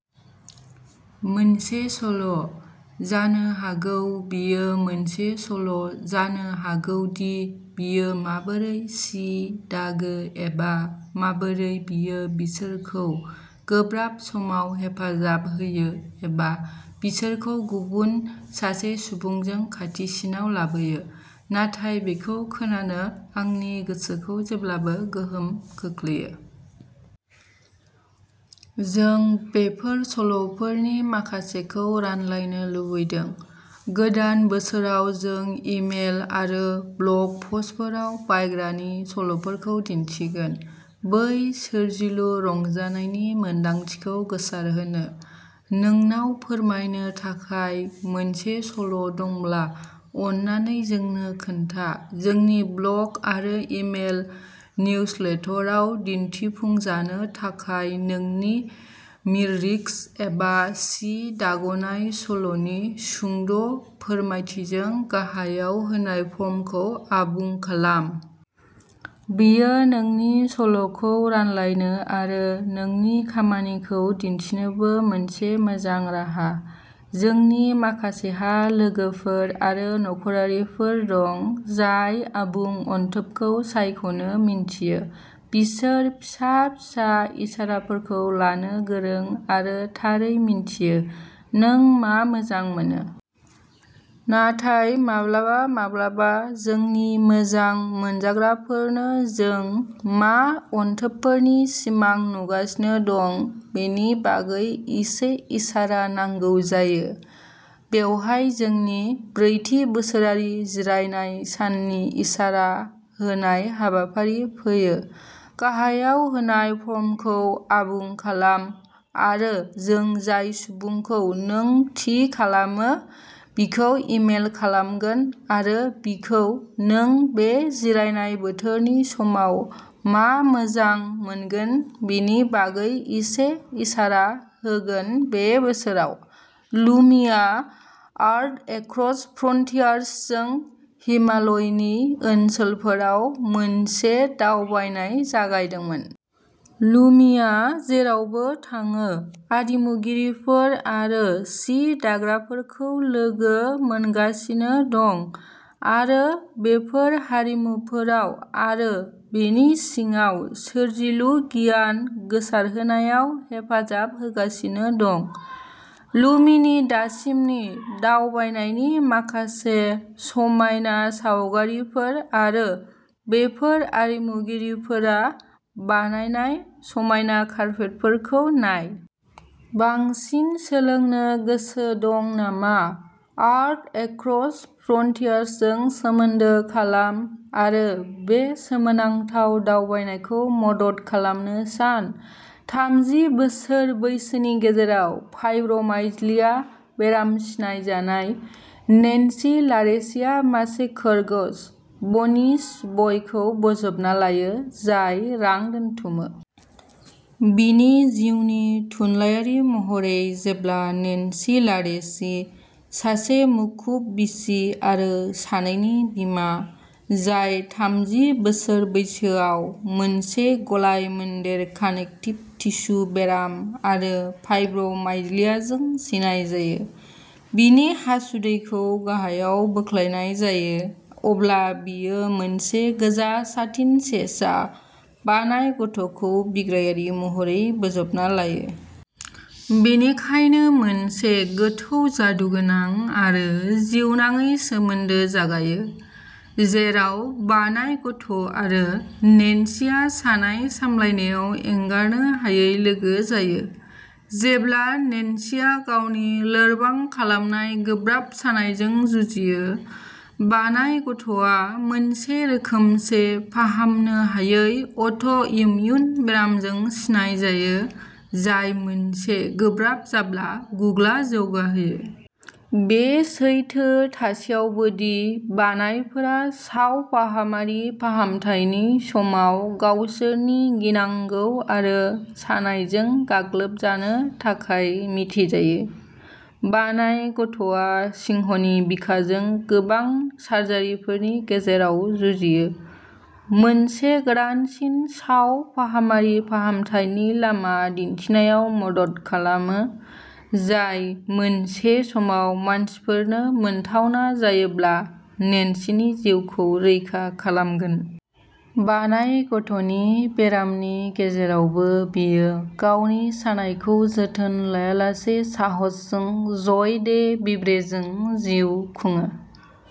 मोनसे सल'। जानो हागौ बेयो मोनसे सल'जानो हागौ दि बियो माबोरै सि दागो एबा माबोरै बियो बिसोरखौ गोब्राब समाव हेफाजाब होयो एबा बिसोरखौ गुबुन सासे सुबुंजों खाथिसिनाव लाबोयो; नाथाय बेखौ खोनानो आंनि गोसोखौ जेब्लाबो गोहोम खोख्लैयो। जों बेफोर सल'फोरनि माखासेखौ रानलायनो लुबैदों। गोदान बोसोराव जों इमेल आरो ब्लग पस्टफोराव बायग्रानि सल'फोरखौ दिन्थिगोन, बै सोरजिलु रंजानायनि मोनदांथिखौ गोसारहोनो। नोंनाव फोरमायनो थाखाय मोनसे सल' दंब्ला अन्नानै जोंनो खोन्था जोंनि ब्लग आरो इमेल निउजलेटरआव दिन्थिफुंजानो थाखाय नोंनि मिर्रिक्स एबा सि दाग'नाय सल'नि सुंद' फोरमायथिजों गाहायाव होनाय फर्मखौ आबुं खालाम। बेयो नोंनि सल'खौ रानलायनो आरो नोंनि खामानिखौ दिन्थिनोबो मोनसे मोजां राहा! जोंनि माखासेहा लोगोफोर आरो नखरारिफोर दं जाय आबुं अनथोबखौ सायख'नो मिन्थियो। बिसोर फिसा-फिसा इसाराफोरखौ लानो गोरों आरो थारै मिन्थियो। नों मा मोजां मोनो। नाथाय माब्लाबा माब्लाबा जोंनि मोजां मोनजाग्राफोरनो जों मा अनथोबफोरनि सिमां नुगासिनो दं बेनि बागै एसे इसारा नांगौ जायो। बेवहाय जोंनि ब्रैथि बोसोरारि जिरायनाय साननि इसारा होनाय हाबाफारि फैयो। गाहायाव होनाय फर्मखौ आबुं खालाम आरो जों जाय सुबुंखौ नों थि खालामो बिखौ इमेल खालामगोन आरो बिखौ नों बे जिरायनाय बोथोरनि समाव मा मोजां मोनगोन बेनि बागै एसे इसारा होगोन बे बोसोराव, "लुमी" आ आर्ट एक्रस फ्रन्टियर्सजों हिमालयनि ओनसोलफोराव मोनसे दावबायनाय जागायदोंमोन। लुमीआ जेरावबो थाङो आरिमुगिरिफोर आरो सि दाग्राफोरखौ लोगो मोनगासिनो दं आरो बेफोर हारिमुफोराव आरो बेनि सिङाव सोरजिलु गियान गोसारहोनायाव हेफाजाब होगासिनो दं। लुमीनि दासिमनि दावबायनायनि माखासे समायना सावगारिफोर आरो बेफोर आरिमुगिरिफोरा बानायनाय समायना कार्पेटफोरखौ नाय। बांसिन सोलोंनो गोसो दं नामा? आर्ट एक्रस फ्रन्टियर्सजों सोमोन्दो खालाम आरो बे सोमोनांथाव दावबायनायखौ मदद खालामनो सान। थामजि बोसोर बैसोनि गेजेराव फाइब्रोमाइल्जिया बेराम सिनायजानाय, नैन्सी लारेसीआ मासे खरगोश, बानिस बयखौ बोजबना लायो, जाय रां दोनथुमो। बिनि जिउनि-थुनलायारि महरै जेब्ला नेन्सी लारेसी, सासे मुखुब बिसि आरो सानैनि बिमा, जाय थामजि बोसोर बैसोआव मोनसे गलाय-मोनदेर कानेक्टिभ टिस्यु बेराम आरो फाइब्रोमाइल्जियाजों सिनायजायो, बिनि हासुदैखौ गाहायाव बोख्लायनाय जायो, अब्ला बियो मोनसे गोजा साटिन सेसा, बानाइ गथ'खौ बिग्रायारि महरै बोजबना लायो। बेनिखायनो मोनसे गोथौ जादुगोनां आरो जिउनाङै सोमोन्दो जागायो, जेराव बानाइ गथ' आरो नेन्सीआ सानाय सामलायनायाव एंगारनो हायै लोगो जायो। जेब्ला नेन्सीया गावनि लोरबां खालामनाय गोब्राब सानायजों जुजियो, बानाइ गथ'आ मोनसे रोखोमसे फाहामनो हायै अट'इम्युन बेरामजों सिनायजायो, जाय मोनसे गोब्राब जाब्ला गुग्ला जौगाहोयो। बे सैथो थासेयावबो दि बानाइफोरा सावफाहामारि फाहामथायनि समाव गावसोरनि गिनांगौ आरो सानायजों गाग्लोबजानो थाखाय मिथिजायो, बानाइ गथ'आ सिंहनि बिखाजों गोबां सार्जारिफोरनि गेजेराव जुजियो, मोनसे गोदानसिन सावफाहामारि फाहामथायनि लामा दिन्थिनायाव मदद खालामो, जाय मोनसे समाव मानसिफोरनो मोनथावना जायोब्ला, नेन्सीनि जिउखौ रैखा खालामगोन। बानाइ गथ'नि बेरामनि गेजेरावबो बियो गावनि सानायखौ जोथोन लायालासे साहसजों जय डे भिभ्रेजों जिउ खुङो ।